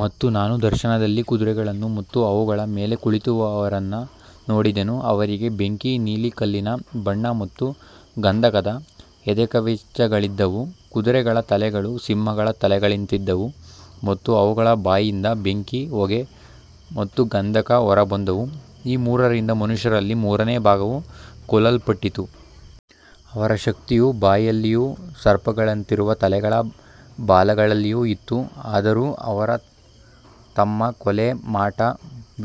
ಮತ್ತು ನಾನು ದರ್ಶನದಲ್ಲಿ ಕುದುರೆಗಳನ್ನು ಮತ್ತು ಅವುಗಳ ಮೇಲೆ ಕುಳಿತವರನ್ನು ನೋಡಿದೆನು. ಅವರಿಗೆ ಬೆಂಕಿ, ನೀಲಿ ಕಲ್ಲಿನ ಬಣ್ಣ ಮತ್ತು ಗಂಧಕದ ಎದೆಕವಚಗಳಿದ್ದವು. ಕುದುರೆಗಳ ತಲೆಗಳು ಸಿಂಹಗಳ ತಲೆಗಳಂತಿದ್ದವು ಮತ್ತು ಅವುಗಳ ಬಾಯಿಂದ ಬೆಂಕಿ, ಹೊಗೆ ಮತ್ತು ಗಂಧಕ ಹೊರಬಂದವು. ಈ ಮೂರರಿಂದ ಮನುಷ್ಯರಲ್ಲಿ ಮೂರನೇ ಭಾಗವು ಕೊಲ್ಲಲ್ಪಟ್ಟಿತು. ಅವರ ಶಕ್ತಿಯು ಬಾಯಲ್ಲಿಯೂ ಸರ್ಪಗಳಂತಿರುವ ತಲೆಗಳ ಬಾಲಗಳಲ್ಲಿಯೂ ಇತ್ತು. ಆದರೂ ಅವರು ತಮ್ಮ ಕೊಲೆ, ಮಾಟ,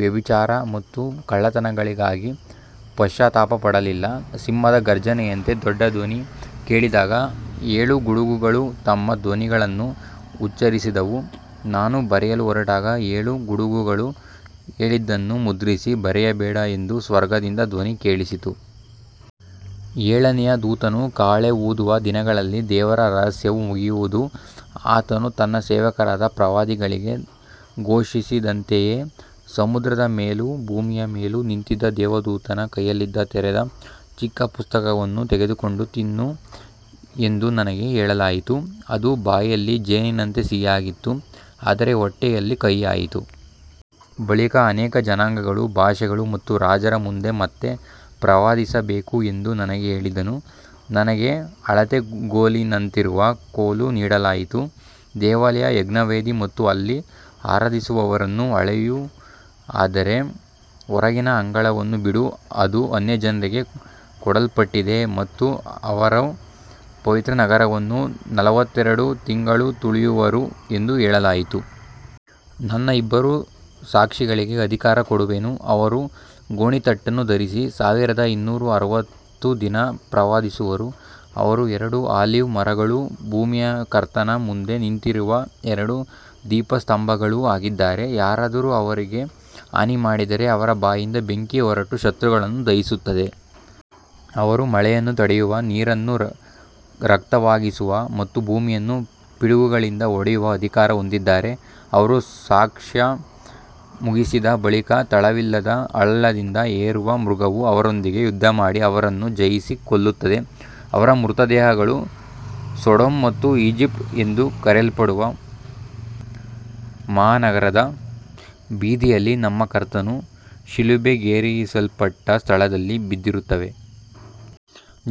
ವ್ಯಭಿಚಾರ ಮತ್ತು ಕಳ್ಳತನಗಳಿಗಾಗಿ ಪಶ್ಚಾತ್ತಾಪಪಡಲಿಲ್ಲ. ಸಿಂಹದ ಘರ್ಜನೆಯಂತೆ ದೊಡ್ಡ ಧ್ವನಿ ಕೇಳಿದಾಗ ಏಳು ಗುಡುಗುಗಳು ತಮ್ಮ ಧ್ವನಿಗಳನ್ನು ಉಚ್ಚರಿಸಿದವು. ನಾನು ಬರೆಯಲು ಹೊರಟಾಗ, ಏಳು ಗುಡುಗುಗಳು ಹೇಳಿದ್ದನ್ನು ಮುದ್ರಿಸಿ ಬರೆಯಬೇಡ ಎಂದು ಸ್ವರ್ಗದಿಂದ ಧ್ವನಿ ಕೇಳಿಸಿತು. ಏಳನೆಯ ದೂತನು ಕಹಳೆ ಊದುವ ದಿನಗಳಲ್ಲಿ ದೇವರ ರಹಸ್ಯವು ಮುಗಿಯುವುದು, ಆತನು ತನ್ನ ಸೇವಕರಾದ ಪ್ರವಾದಿಗಳಿಗೆ ಘೋಷಿಸಿದಂತೆಯೇ. ಸಮುದ್ರದ ಮೇಲೂ ಭೂಮಿಯ ಮೇಲೂ ನಿಂತಿದ್ದ ದೇವದೂತನ ಕೈಯಲ್ಲಿದ್ದ ತೆರೆದ ಚಿಕ್ಕ ಪುಸ್ತಕವನ್ನು ತೆಗೆದುಕೊಂಡು ತಿನ್ನು ಎಂದು ನನಗೆ ಹೇಳಲಾಯಿತು. ಅದು ಬಾಯಲ್ಲಿ ಜೇನಿನಂತೆ ಸಿಹಿಯಾಗಿತ್ತು, ಆದರೆ ಹೊಟ್ಟೆಯಲ್ಲಿ ಕಹಿಯಾಯಿತು. ಬಳಿಕ ಅನೇಕ ಜನಾಂಗಗಳು, ಭಾಷೆಗಳು ಮತ್ತು ರಾಜರ ಮುಂದೆ ಮತ್ತೆ ಪ್ರವಾದಿಸಬೇಕು ಎಂದು ನನಗೆ ಹೇಳಿದನು. ನನಗೆ ಅಳತೆಗೋಲಿನಂತಿರುವ ಕೋಲು ನೀಡಲಾಯಿತು. ದೇವಾಲಯ, ಯಜ್ಞವೇದಿ ಮತ್ತು ಅಲ್ಲಿ ಆರಾಧಿಸುವವರನ್ನು ಅಳೆಯು, ಆದರೆ ಹೊರಗಿನ ಅಂಗಳವನ್ನು ಬಿಡು, ಅದು ಅನ್ಯಜನರಿಗೆ ಕೊಡಲ್ಪಟ್ಟಿದೆ ಮತ್ತು ಅವರು ಪವಿತ್ರ ನಗರವನ್ನು ನಲವತ್ತೆರಡು ತಿಂಗಳು ತುಳಿಯುವರು ಎಂದು ಹೇಳಲಾಯಿತು. ನನ್ನ ಇಬ್ಬರು ಸಾಕ್ಷಿಗಳಿಗೆ ಅಧಿಕಾರ ಕೊಡುವೆನು. ಅವರು ಗೋಣಿತಟ್ಟನ್ನು ಧರಿಸಿ ಸಾವಿರದ ಇನ್ನೂರ ಅರವತ್ತು ದಿನ ಪ್ರವಾದಿಸುವರು. ಅವರು ಎರಡು ಆಲಿವ್ ಮರಗಳೂ ಭೂಮಿಯ ಕರ್ತನ ಮುಂದೆ ನಿಂತಿರುವ ಎರಡು ದೀಪಸ್ತಂಭಗಳೂ ಆಗಿದ್ದಾರೆ. ಯಾರಾದರೂ ಅವರಿಗೆ ಹಾನಿಮಾಡಿದರೆ ಅವರ ಬಾಯಿಂದ ಬೆಂಕಿ ಹೊರಟು ಶತ್ರುಗಳನ್ನು ದಹಿಸುತ್ತದೆ. ಅವರು ಮಳೆಯನ್ನು ತಡೆಯುವ, ನೀರನ್ನು ರಕ್ತವಾಗಿಸುವ ಮತ್ತು ಭೂಮಿಯನ್ನು ಪಿಡುಗುಗಳಿಂದ ಹೊಡೆಯುವ ಅಧಿಕಾರ ಹೊಂದಿದ್ದಾರೆ. ಅವರು ಸಾಕ್ಷ್ಯ ಮುಗಿಸಿದ ಬಳಿಕ ತಳವಿಲ್ಲದ ಹಳ್ಳದಿಂದ ಏರುವ ಮೃಗವು ಅವರೊಂದಿಗೆ ಯುದ್ಧಮಾಡಿ ಅವರನ್ನು ಜಯಿಸಿ ಕೊಲ್ಲುತ್ತದೆ. ಅವರ ಮೃತದೇಹಗಳು ಸೊಡೊಮ್ ಮತ್ತು ಈಜಿಪ್ಟ್ ಎಂದು ಕರೆಯಲ್ಪಡುವ ಮಹಾನಗರದ ಬೀದಿಯಲ್ಲಿ, ನಮ್ಮ ಕರ್ತನು ಶಿಲುಬೆಗೇರಿಸಲ್ಪಟ್ಟ ಸ್ಥಳದಲ್ಲಿ, ಬಿದ್ದಿರುತ್ತವೆ.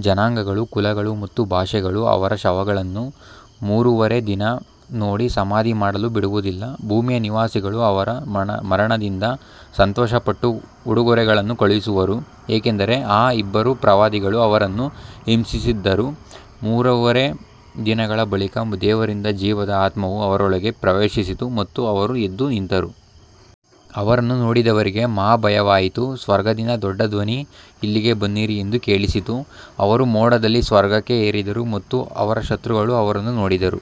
ಜನಾಂಗಗಳು, ಕುಲಗಳು ಮತ್ತು ಭಾಷೆಗಳು ಅವರ ಶವಗಳನ್ನು ಮೂರೂವರೆ ದಿನ ನೋಡಿ ಸಮಾಧಿ ಮಾಡಲು ಬಿಡುವುದಿಲ್ಲ. ಭೂಮಿಯ ನಿವಾಸಿಗಳು ಅವರ ಮರಣದಿಂದ ಸಂತೋಷಪಟ್ಟು ಉಡುಗೊರೆಗಳನ್ನು ಕಳುಹಿಸುವರು, ಏಕೆಂದರೆ ಆ ಇಬ್ಬರು ಪ್ರವಾದಿಗಳು ಅವರನ್ನು ಹಿಂಸಿಸಿದ್ದರು. ಮೂರೂವರೆ ದಿನಗಳ ಬಳಿಕ ದೇವರಿಂದ ಜೀವದ ಆತ್ಮವು ಅವರೊಳಗೆ ಪ್ರವೇಶಿಸಿತು ಮತ್ತು ಅವರು ಎದ್ದು ನಿಂತರು. ಅವರನ್ನು ನೋಡಿದವರಿಗೆ ಮಹಾಭಯವಾಯಿತು. ಸ್ವರ್ಗದಿಂದ ದೊಡ್ಡ ಧ್ವನಿ, ಇಲ್ಲಿಗೆ ಬನ್ನಿರಿ, ಎಂದು ಕೇಳಿಸಿತು. ಅವರು ಮೋಡದಲ್ಲಿ ಸ್ವರ್ಗಕ್ಕೆ ಏರಿದರು ಮತ್ತು ಅವರ ಶತ್ರುಗಳು ಅವರನ್ನು ನೋಡಿದರು.